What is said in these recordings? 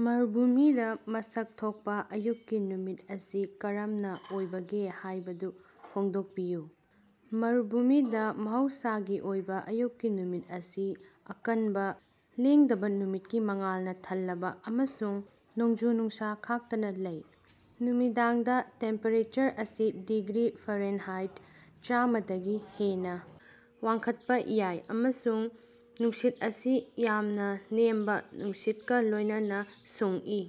ꯃꯔꯚꯨꯃꯤꯗ ꯃꯁꯛ ꯊꯣꯛꯄꯥ ꯑꯌꯨꯛꯀꯤ ꯅꯨꯃꯤꯠ ꯑꯁꯤ ꯀꯔꯝꯅꯥ ꯑꯣꯏꯕꯒꯦ ꯍꯥꯏꯕꯗꯨ ꯐꯣꯡꯗꯣꯛꯄꯤꯌꯨ꯫ ꯃꯔꯚꯨꯃꯤꯗ ꯃꯍꯧꯁꯥꯒꯤ ꯑꯣꯏꯕ ꯑꯌꯨꯛꯀꯤ ꯅꯨꯃꯤꯠ ꯑꯁꯤ ꯑꯀꯟꯕꯥ, ꯂꯦꯡꯗꯕꯥ ꯅꯨꯃꯤꯠꯀꯤ ꯃꯉꯥꯜꯅ ꯊꯜꯂꯕꯥ ꯑꯃꯁꯨꯡ ꯅꯣꯡꯖꯨ-ꯅꯨꯡꯁꯥ ꯈꯥꯛꯇꯅ ꯂꯩ꯫ ꯅꯨꯃꯤꯗꯥꯡꯗ ꯇꯦꯝꯄꯦꯔꯦꯆꯔ ꯑꯁꯤ ꯗꯤꯒ꯭ꯔꯤ ꯐꯥꯔꯦꯟꯍꯥꯏꯠ ꯆꯥꯝꯃ ꯗꯒꯤ ꯍꯦꯟꯅꯥ ꯋꯥꯡꯈꯠꯄꯥ ꯌꯥꯏ, ꯑꯃꯁꯨꯡ ꯅꯨꯡꯁꯤꯠ ꯑꯁꯤ ꯌꯥꯝꯅ ꯅꯦꯝꯕꯥ ꯅꯨꯡꯁꯤꯠꯀꯥ ꯂꯣꯏꯅꯅꯥ ꯁꯨꯡꯏ꯫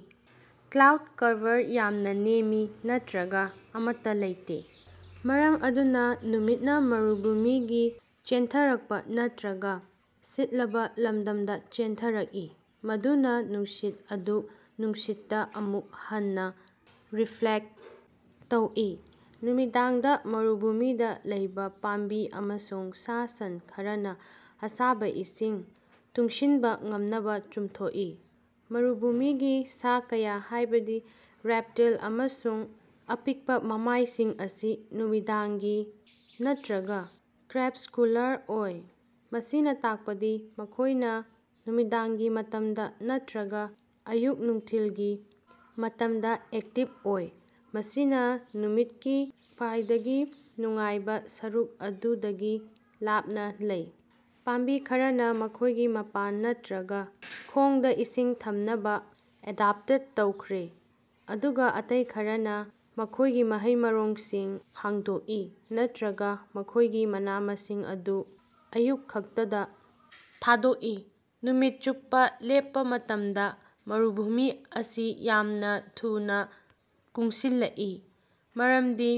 ꯀ꯭ꯂꯥꯎꯗ ꯀꯚꯔ ꯌꯥꯝꯅ ꯅꯦꯝꯃꯤ ꯅꯠꯇꯔꯒ ꯑꯃꯠꯇꯥ ꯂꯩꯇꯦ, ꯃꯔꯝ ꯑꯗꯨꯅꯥ ꯅꯨꯃꯤꯠꯅꯥ ꯃꯔꯚꯨꯃꯤꯒꯤ ꯆꯦꯟꯊꯔꯛꯄꯥ ꯅꯠꯇꯔꯒ ꯁꯤꯠꯂꯕꯥ ꯂꯝꯗꯝꯗꯥ ꯆꯦꯟꯊꯔꯛꯏ, ꯃꯗꯨꯅꯥ ꯅꯨꯡꯁꯤꯠ ꯑꯗꯨ ꯅꯨꯡꯁꯤꯠꯇꯥ ꯑꯃꯨꯛ ꯍꯟꯅꯥ ꯔꯤꯐ꯭ꯂꯦꯛꯇ ꯇꯧꯏ꯫ ꯅꯨꯃꯤꯗꯥꯡꯗ ꯃꯔꯚꯨꯃꯤꯗꯥ ꯂꯩꯕ ꯄꯥꯝꯕꯤ ꯑꯃꯁꯨꯡ ꯁꯥ-ꯁꯟ ꯈꯔꯅꯥ ꯑꯁꯥꯕ ꯏꯁꯤꯡ ꯇꯨꯡꯁꯤꯟꯕꯥ ꯉꯝꯅꯕꯥ ꯆꯨꯝꯊꯣꯛꯏ꯫ ꯃꯔꯚꯨꯃꯤꯒꯤ ꯁꯥ ꯀꯌꯥ, ꯍꯥꯏꯕꯗꯤ ꯔꯦꯞꯇꯤꯜ ꯑꯃꯁꯨꯡ ꯑꯄꯤꯛꯄꯥ ꯃꯃꯥꯏꯁꯤꯡ ꯑꯁꯤ ꯅꯨꯃꯤꯗꯥꯡꯒꯤ ꯅꯠꯇꯔꯒ ꯀ꯭ꯔꯦꯄꯁ꯭ꯀꯨꯂꯥꯔ ꯑꯣꯏ, ꯃꯁꯤꯅꯥ ꯇꯥꯛꯄꯗꯤ ꯃꯈꯣꯏꯅꯥ ꯅꯨꯃꯤꯗꯥꯡꯒꯤ ꯃꯇꯝꯗ ꯅꯠꯇꯔꯒ ꯑꯌꯨꯛ-ꯅꯨꯡꯊꯤꯜꯒꯤ ꯃꯇꯝꯗꯥ ꯑꯦꯛꯇꯤꯕ ꯑꯣꯏ, ꯃꯁꯤꯅꯥ ꯅꯨꯃꯤꯠꯀꯤ ꯈ꯭ꯋꯥꯏꯗꯒꯤ ꯅꯨꯡꯉꯥꯏꯕꯥ ꯁꯔꯨꯛ ꯑꯗꯨꯗꯒꯤ ꯂꯥꯞꯅꯥ ꯂꯩ꯫ ꯄꯥꯝꯕꯤ ꯈꯔꯅꯥ ꯃꯈꯣꯏꯒꯤ ꯃꯄꯥꯟ ꯅꯠꯇꯔꯒ ꯈꯣꯡꯗꯥ ꯏꯁꯤꯡ ꯊꯝꯅꯕꯥ ꯑꯦꯗꯞꯇꯦꯠ ꯇꯧꯈ꯭ꯔꯦ, ꯑꯗꯨꯒꯥ ꯑꯇꯩ ꯈꯔꯅꯥ ꯃꯈꯣꯏꯒꯤ ꯃꯍꯩ-ꯃꯔꯣꯡꯁꯤꯡ ꯍꯥꯡꯗꯣꯛꯏ ꯅꯠꯇꯔꯒꯥ ꯃꯈꯣꯏꯒꯤ ꯃꯅꯥ-ꯃꯁꯤꯡ ꯑꯗꯨ ꯑꯌꯨꯛ ꯈꯛꯇꯗꯥ ꯊꯥꯗꯣꯛꯏ꯫ ꯅꯨꯃꯤꯠ ꯆꯨꯞꯄꯥ ꯂꯦꯞꯄꯥ ꯃꯇꯝꯗ ꯃꯔꯚꯨꯃꯤ ꯑꯁꯤ ꯌꯥꯝꯅ ꯊꯨꯅꯥ ꯀꯨꯡꯁꯤꯜꯂꯛꯏ ꯃꯔꯝꯗꯤ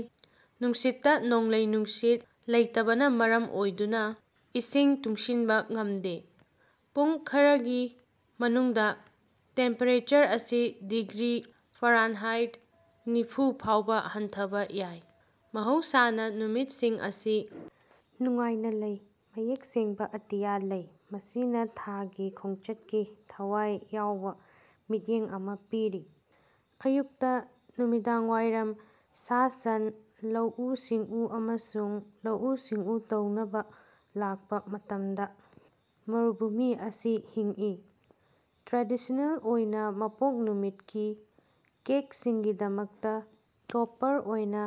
ꯅꯨꯡꯁꯤꯠꯇꯥ ꯅꯣꯡꯂꯩ-ꯅꯨꯡꯁꯤꯠ ꯂꯩꯇꯕꯅꯥ ꯃꯔꯝ ꯑꯣꯏꯗꯨꯅꯥ ꯏꯁꯤꯡ ꯇꯨꯡꯁꯤꯟꯕꯥ ꯉꯝꯗꯦ꯫ ꯄꯨꯡ ꯈꯔꯒꯤ ꯃꯅꯨꯡꯗꯥ ꯇꯦꯝꯄꯦꯔꯦꯆꯔ ꯑꯁꯤ ꯗꯤꯒ꯭ꯔꯤ ꯐꯥꯔꯦꯟꯍꯥꯏꯠ ꯅꯤꯐꯨ ꯐꯥꯎꯕ ꯍꯟꯊꯕꯥ ꯌꯥꯏ꯫ ꯃꯍꯧꯁꯥꯅ ꯅꯨꯃꯤꯠꯁꯤꯡ ꯑꯁꯤ ꯅꯨꯡꯉꯥꯏꯅ ꯂꯩ, ꯃꯌꯦꯛ ꯁꯦꯡꯕꯥ ꯑꯇꯤꯌꯥ ꯂꯩ, ꯃꯁꯤꯅꯥ ꯊꯥꯒꯤ ꯈꯣꯡꯆꯠꯀꯤ ꯊꯋꯥꯏ ꯌꯥꯎꯕ ꯃꯤꯠꯌꯦꯡ ꯑꯃ ꯄꯤꯔꯤ꯫ ꯑꯌꯨꯛꯇꯥ ꯅꯨꯃꯤꯗꯥꯡꯋꯥꯏꯔꯝ ꯁꯥ-ꯁꯟꯂꯧꯎ-ꯁꯤꯡꯎ ꯑꯃꯁꯨꯡ ꯂꯧꯎ-ꯁꯤꯡꯎ ꯇꯧꯅꯕꯥ ꯂꯥꯛꯄ ꯃꯇꯝꯗ ꯃꯔꯕꯨꯃꯤ ꯑꯁꯤ ꯍꯤꯡꯏ꯫ ꯇ꯭ꯔꯦꯗꯤꯁꯅꯦꯜ ꯑꯣꯏꯅꯥ ꯃꯄꯣꯛ ꯅꯨꯃꯤꯠꯀꯤ ꯀꯦꯛꯁꯤꯡꯒꯤꯗꯃꯛꯇꯥ ꯇꯣꯄꯔ ꯑꯣꯏꯅ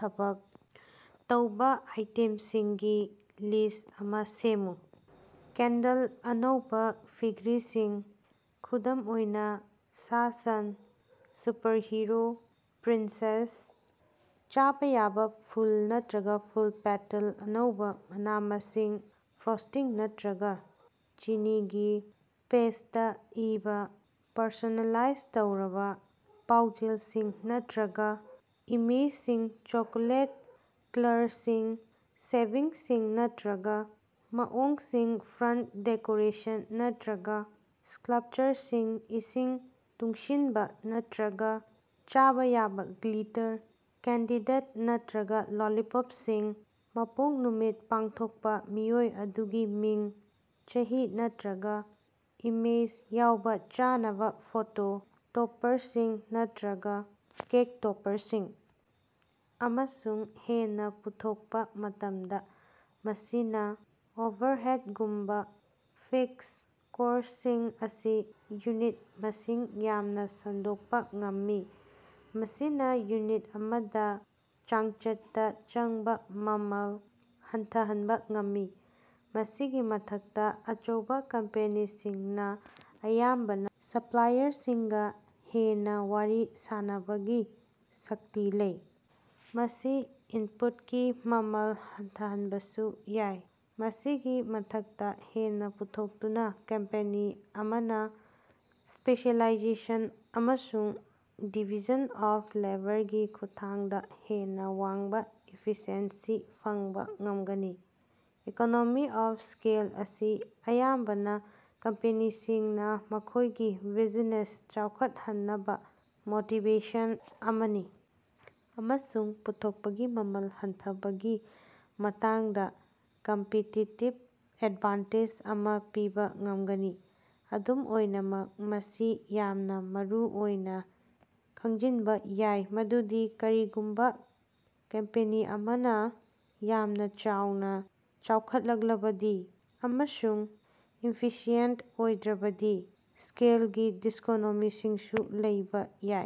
ꯊꯕꯛ ꯇꯧꯕ ꯑꯥꯏꯇꯦꯝꯁꯤꯡꯒꯤ ꯂꯤꯁ ꯑꯃ ꯁꯦꯝꯃꯨ꯫ ꯀꯦꯟꯗꯜ ꯑꯅꯧꯕ ꯐꯤꯒ꯭ꯔꯤꯁꯤꯡ (ꯈꯨꯗꯝ ꯑꯣꯏꯅꯥ, ꯁꯥ-ꯁꯟ, ꯁꯨꯄꯔꯍꯤꯔꯣ, ꯄ꯭ꯔꯤꯟꯁꯦꯁ) ꯆꯥꯕ ꯌꯥꯕ ꯐꯨꯜ ꯅꯠꯇꯔꯒ ꯐꯨꯜ ꯄꯦꯇꯜ ꯑꯅꯧꯕ ꯃꯅꯥ-ꯃꯁꯤꯡ ꯐ꯭ꯔꯣꯁ꯭ꯇꯤꯡ ꯅꯠꯇꯔꯒ ꯆꯤꯅꯤꯒꯤ ꯄꯦꯁ꯭ꯇꯇꯥ ꯏꯕꯥ ꯄꯔꯁꯣꯅꯦꯂꯥꯏꯖ ꯇꯧꯔꯕ ꯄꯥꯎꯖꯦꯜꯁꯤꯡ ꯅꯠꯇꯔꯒ ꯏꯃꯦꯖꯁꯤꯡ ꯆꯣꯀꯣꯂꯦꯠ ꯀ꯭ꯂꯔꯁꯤꯡ, ꯁꯦꯚꯤꯡꯁꯤꯡ ꯅꯠꯇꯔꯒ ꯃꯑꯣꯡꯁꯤꯡ ꯐꯔꯟꯇ ꯗꯦꯀꯣꯔꯦꯁꯟ ꯅꯠꯇꯔꯒ ꯁ꯭ꯀꯥꯜꯞꯆꯥꯔꯁꯤꯡ ꯏꯁꯤꯡ ꯇꯨꯡꯁꯤꯟꯕ ꯅꯠꯇꯔꯒ ꯆꯥꯕ ꯌꯥꯕ ꯒ꯭ꯂꯤꯇꯔ ꯀꯦꯟꯗꯤꯗꯦꯠ ꯅꯠꯇꯔꯒ ꯂꯣꯂꯤꯄꯣꯞꯁꯤꯡ ꯃꯄꯣꯛ ꯅꯨꯃꯤꯠ ꯄꯥꯡꯊꯣꯛꯄ ꯃꯤꯑꯣꯏ ꯑꯗꯨꯒꯤ ꯃꯤꯡ, ꯆꯍꯤ ꯅꯠꯇꯔꯒ ꯏꯃꯦꯖ ꯌꯥꯎꯕ ꯆꯥꯅꯕ ꯐꯣꯇꯣ ꯇꯣꯄꯔꯁꯤꯡ ꯅꯠꯇꯔꯒ ꯀꯦꯛ ꯇꯣꯄꯔꯁꯤꯡ꯫ ꯑꯃꯁꯨꯡ ꯍꯦꯟꯅꯥ ꯄꯨꯊꯣꯛꯄꯥ ꯃꯇꯝꯗꯥ, ꯃꯁꯤꯅ ꯑꯣꯚꯔꯍꯦꯠꯒꯨꯝꯕꯥ ꯐꯤꯛꯁ ꯀꯣꯁ꯭ꯇꯁꯤꯡ ꯑꯁꯤ ꯌꯨꯅꯤꯠ ꯃꯁꯤꯡ ꯌꯥꯝꯅ ꯁꯟꯗꯣꯛꯄꯥ ꯉꯝꯃꯤ, ꯃꯁꯤꯅꯥ ꯌꯨꯅꯤꯠ ꯑꯃꯗ ꯆꯥꯡꯆꯠꯇꯥ ꯆꯪꯕ ꯃꯃꯜ ꯍꯟꯊꯍꯟꯕꯥ ꯉꯝꯃꯤ꯫ ꯃꯁꯤꯒꯤ ꯃꯊꯛꯇꯥ, ꯑꯆꯧꯕ ꯀꯝꯄꯦꯅꯤꯁꯤꯡꯅꯥ ꯑꯌꯥꯝꯕꯅ ꯁꯞꯄ꯭ꯂꯥꯏꯌꯔꯁꯤꯡꯒꯥ ꯍꯦꯟꯅꯥ ꯋꯥꯔꯤ ꯁꯥꯟꯕꯒꯤ ꯁꯛꯇꯤ ꯂꯩ ꯃꯁꯤ ꯏꯟꯄꯨꯠꯀꯤ ꯃꯃꯜ ꯍꯟꯊꯍꯟꯕꯁꯨ ꯌꯥꯏ꯫ ꯃꯁꯤꯒꯤ ꯃꯊꯛꯇꯥ, ꯍꯦꯟꯅꯥ ꯄꯨꯊꯣꯛꯇꯨꯅꯥ ꯀꯝꯄꯦꯅꯤ ꯑꯃꯅ ꯁ꯭ꯄꯦꯁꯤꯑꯦꯂꯥꯏꯖꯦꯁꯟ ꯑꯃꯁꯨꯡ ꯗꯤꯚꯤꯖꯟ ꯑꯣꯐ ꯂꯦꯕꯔꯒꯤ ꯈꯨꯠꯊꯥꯡꯗꯥ ꯍꯦꯟꯅꯥ ꯋꯥꯡꯕꯥ ꯏꯐꯤꯁꯤꯑꯦꯟꯁꯤ ꯐꯪꯕ ꯉꯝꯒꯅꯤ꯫ ꯏꯀꯣꯅꯣꯃꯤ ꯑꯣꯐ ꯁ꯭ꯀꯦꯜ ꯑꯁꯤ ꯑꯌꯥꯝꯕꯅ ꯀꯝꯄꯦꯅꯤꯁꯤꯡꯅꯥ ꯃꯈꯣꯏꯒꯤ ꯕꯤꯖꯤꯅꯦꯁ ꯆꯥꯎꯈꯠꯍꯟꯅꯕꯥ ꯃꯣꯇꯤꯕꯦꯁꯟ ꯑꯃꯅꯤ ꯑꯃꯁꯨꯡ ꯄꯨꯊꯣꯛꯄꯒꯤ ꯃꯃꯜ ꯍꯟꯊꯕꯒꯤ ꯃꯇꯥꯡꯗ ꯀꯝꯄꯤꯇꯤꯇꯤꯕ ꯑꯦꯗꯚꯥꯟꯇꯦꯖ ꯑꯃ ꯄꯤꯕꯥ ꯉꯝꯒꯅꯤ꯫ ꯑꯗꯨꯝ ꯑꯣꯏꯅꯃꯛ, ꯃꯁꯤ ꯌꯥꯝꯅ ꯃꯔꯨꯑꯣꯏꯅ ꯈꯪꯖꯤꯟꯕꯥ ꯌꯥꯏ ꯃꯗꯨꯗꯤ ꯀꯔꯤꯒꯨꯝꯕꯥ ꯀꯝꯄꯦꯅꯤ ꯑꯃꯅ ꯌꯥꯝꯅ ꯆꯥꯎꯅ ꯆꯥꯎꯈꯠꯂꯛꯂꯕꯗꯤ ꯑꯃꯁꯨꯡ ꯏꯐꯤꯁꯤꯌꯦꯟꯇ ꯑꯣꯏꯗ꯭ꯔꯕꯗꯤ ꯁ꯭ꯀꯦꯜꯒꯤ ꯗꯤꯁꯀꯣꯅꯣꯃꯤꯁꯤꯡꯁꯨ ꯂꯩꯕ ꯌꯥꯏ꯫